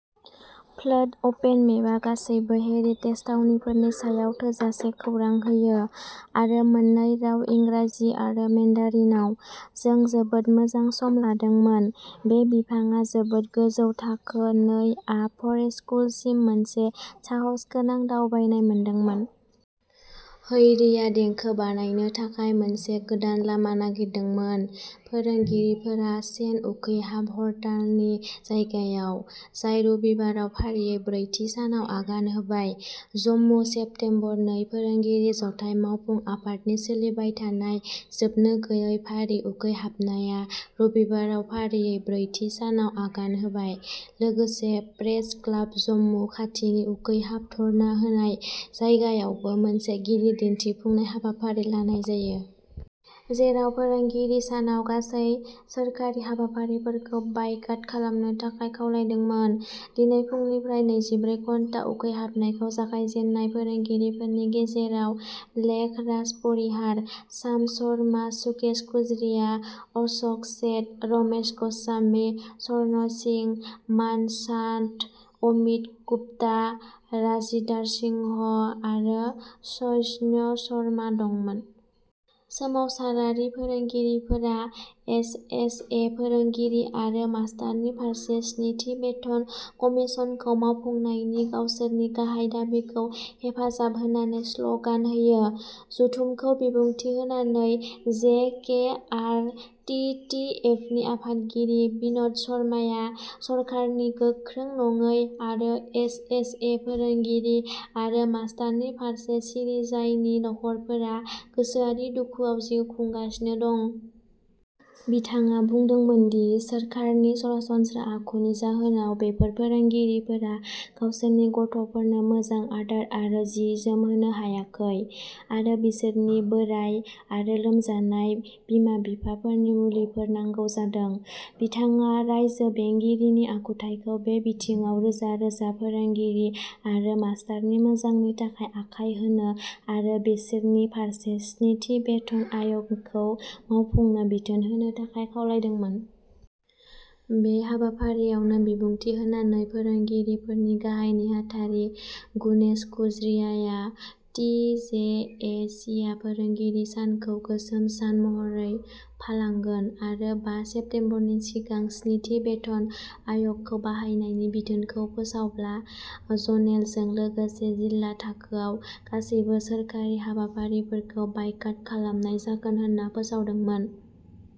Fled अपेन मेपआ गासैबो हेरिटेज थावनिफोरनि सायाव थोजासे खौरां होयो आरो मोननै राव इंराजि आरो मेन्डारिनआव। जों जोबोद मोजां सम लादोंमोन। बे बिफांआ जोबोद गोजौ थाखो नै आ फरेस्ट स्कुलसिम मोनसे साहसगोनां दावबायनाय मोनदोंमोन। हैरीआ देंखो बानायनो थाखाय मोनसे गोदान लामा नागिरदोंमोन। फोरोंगिरिफोरा चेन उखैहाब हरतालनि जायगायाव, जाय रबिबाराव फारियै ब्रैथि सानाव आगान होबाय। जम्मु सेप्तेम्बर नै फोरोंगिरि जथाय मावफुं आफादनि सोलिबाय थानाय जोबनो गोयै फारि उखैहाबनाया रबिबाराव फारियै ब्रैथि सानाव आगान होबाय। लोगोसे प्रेस क्लाब जम्मु खाथिनि उखैहाब धर्ना होनाय जायगायावबो मोनसे गिदिर दिन्थिफुंनाय हाबाफारि लानाय जायो। जेराव फोरोंगिरि सानाव गासै सोरखारि हाबाफारिफोरखौ बायकाट खालामनो थाखाय खावलायदोंमोन। दिनै फुंनिफ्राय नैजिब्रै घन्टा उखैहाबनायखौ जागायजेननाय फोरोंगिरिफोरनि गेजेराव लेख राज परिहार, शाम शर्मा, सुकेश खजुरिया, अश'क सेठ, रमेश गस्वामी, स्वर्ण सिंह, मान चान्द, अमित गुप्ता, राजिदार सिंह' आरो सजनय' शर्मा दंमोन। सोमावसारारि फोरोंगिरिफोरा एस एस ए फोरोंगिरि आरो मास्तारनि फारसे स्निथि बेथन कमिसनखौ मावफुंनायनि गावसोरनि गाहाय दाबिखौ हेफाजाब होनानै स्लगान होयो। जथुमखौ बिबुंथि होनानै J K R T T एफनि आफादगिरि बिनद शर्माया सरखारनि गोख्रों नङै आरो एस एस ए फोरोंगिरि आरो मास्तारनि फारसे सिरि, जायनि नखरफोरा गोसोआरि दुखुआव जिउ खुंगासिनो दं। बिथाङा बुंदोंमोन दि सोरखारनि सरासनस्रा आखुनि जाहोनाव बेफोर फोरोंगिरिफोरा गावसोरनि गथ'फोरनो मोजां आदार आरो जि जोम होनो हायाखै आरो बिसोरनि बोराय आरो लोमजानाय बिमा बिफाफोरनो मुलिफोर नांगौ जादों। बिथाङा रायजो बेंगिरिनि आखुथायखौ बे बिथिङाव रोजा रोजा फोरोंगिरि आरो मास्तारनि मोजांनि थाखाय आखाय होनो आरो बिसोरनि फारसे स्निथि बेथन आय'गखौ मावफुंनो बिथोन होनो थाखाय खावलायदोंमोन। बे हाबाफारियावनो बिबुंथि होनानै फोरोंगिरिफोरनि गाहाय नेहाथारि गुनेश खुज्रियाया टि जे ए सीआ फोरोंगिरि सानखौ गोसोम सान महरै फालांगोन आरो बा सेप्तेम्बरनि सिगां स्निथि बेथन आय'गखौ बाहायनायनि बिथोनखौ फोसावब्ला ज'नेलजों लोगोसे जिल्ला थाखोआव गासैबो सोरखारि हाबाफारिफोरखौ बायकाट खालामनाय जागोन होनना फोसावदोंमोन।